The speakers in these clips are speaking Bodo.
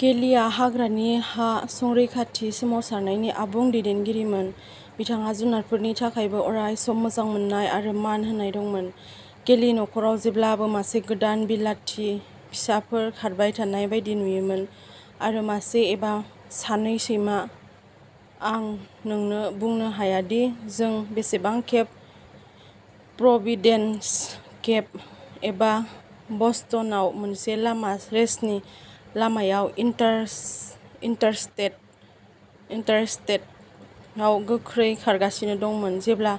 केलिआ हाग्रानि हा-संरैखाथि सोमावसारनायनि आबुं दैदेनगिरिमोन। बिथांहा जुनारफोरनि थाखायबो अरायसम मोजां मोननाय आरो मान होनाय दंमोन। केलि नख'राव जेब्लाबो मासे गोदान बिलाथि फिसाफोर खारबाय थानाय बायदि नुयोमोन, आरो मासे एबा सानै सैमा। आं नोंनो बुंनो हाया दि जों बेसेबां खेब प्रोभिडेन्स, केप, एबा बस्टनआव मोनसे लामा रेसनि लामायाव इन्टारस्टेट आव गोख्रै खारगासिनो दंमोन, जेब्ला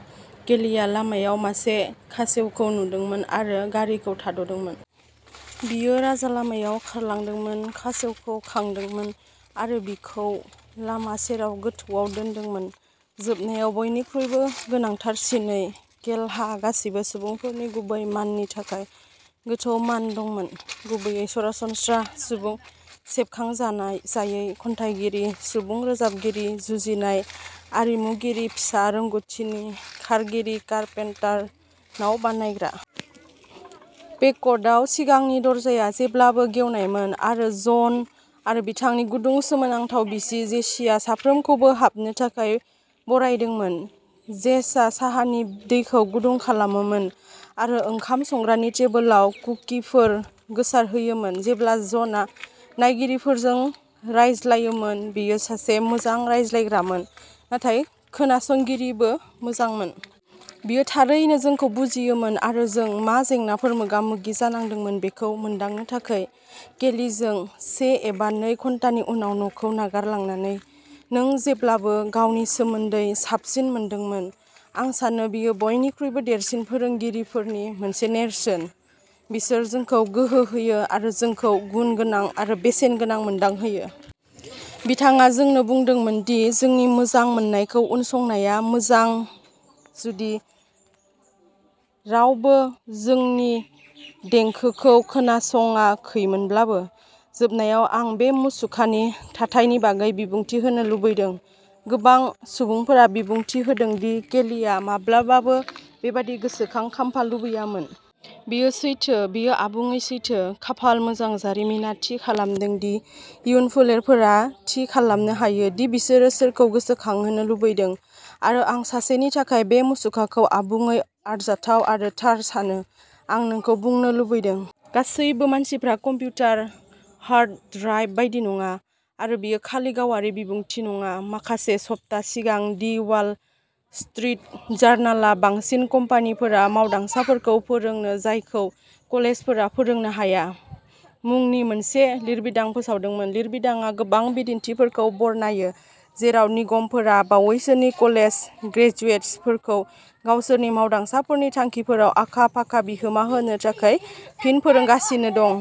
केलिआ लामायाव मासे खासेवखौ नुदोंमोन, आरो गारिखौ थाद'दोंमोन। बियो राजालामायाव खारलांदोंमोन, खासेवखौ खांदोंमोन, आरो बेखौ लामा सेराव गोथौआव दोन्दोंमोन। जोबनायाव, बयनिख्रुइबो गोनांथारसिनै, केलहा गासैबो सुबुंफोरनि गुबै माननि थाखाय गोथौ मान दंमोन, गुबैयै सरासनस्रा सुबुं, सेबखांजायै खन्थाइगिरि, सुबुं रोजाबगिरि, जुजिनाय आरिमुगिरि, फिसा रोंग'थिनि खारगिरि, कारपेंटर, नाव बानायग्रा। पेक'टआव सिगांनि दरजाया जेब्लाबो गेवनायमोन, आरो जन आरो बिथांनि गुदुं, सोमोनांथाव बिसि जेसिआ साफ्रोमखौबो हाबनो थाखाय बरायदोंमोन। जेसआ साहानि दैखौ गुदुं खालामोमोन, आरो ओंखाम संग्रानि टेबोलाव कुकिफोर गोसारहोयोमोन। जेब्ला जनआ नायगिरिफोरजों रायज्लायोमोन। बियो सासे मोजां रायज्लायग्रामोन, नाथाय खोनासंगिरिबो मोजांमोन। बियो थारैनो जोंखौ बुजियोमोन, आरो जों मा जेंनाफोर मोगा-मोगि जानांदोंमोन बेखौ मोनदांनो थाखाय। केलिजों से एबा नै घन्टानि उनाव न'खौ नागारलांनानै, नों जेब्लाबो गावनि सोमोन्दै साबसिन मोनदोंमोन। आं सानो बेयो बयनिख्रुइबो देरसिन फोरोंगिरिफोरनि मोनसे नेरसोन-- बिसोर जोंखौ गोहो होयो आरो जोंखौ गुनगोनां आरो बेसेनगोनां मोनदांहोयो। बिथाङा जोंनो बुंदोंमोन दि जोंनि मोजां मोननायखौ उनसंनाया मोजां, जुदि रावबो जोंनि देंखोखौ खोनासंाखैमोनब्लाबो। जोबनायाव, आं बे मुसुखानि थाथायनि बागै बिबुंथि होनो लुबैदों। गोबां सुबुंफोरा बिबुंथि होदों दि केलिआ माब्लाबाबो बेबादि गोसोखां खाम्फा लुबैयामोन। बेयो सैथो। बेयो आबुङै सैथो। खाफाल मोजां, जारिमिना थि खालामदों दि इयुन फोलेरफोरा थि खालामनो हायो दि बिसोरो सोरखौ गोसोखांहोनो लुबैदों। आरो आं, सासेनि थाखाय, बे मुसुखाखौ आबुङै आरजाथाव आरो थार सानो। आं नोंखौ बुंनो लुबैदों। गासैबो, मानसिफ्रा कम्पिउटार हार्ड ड्राइभ बायदि नङा। आरो बेयो खालि गावारि बिबुंथि नङा। माखासे सप्ता सिगां दि वाल स्ट्रिट जार्नाला "बांसिन कम्पानिफोरा मावदांसाफोरखौ फोरोंो जायखौ कलेजफोरा फोरोंनो हाया" मुंनि मोनसे लिरबिदां फोसावदोंमोन। लिरबिदांआ गोबां बिदिन्थिफोरखौ बरनायो जेराव निगमफोरा बावैसोनि कलेज ग्रेजुएट्सफोरखौ गावसोरनि मावदांसाफोरनि थांखिफोराव आखा-फाखा बिहोमा होनो थाखाय फिन फोरोंगासिनो दं।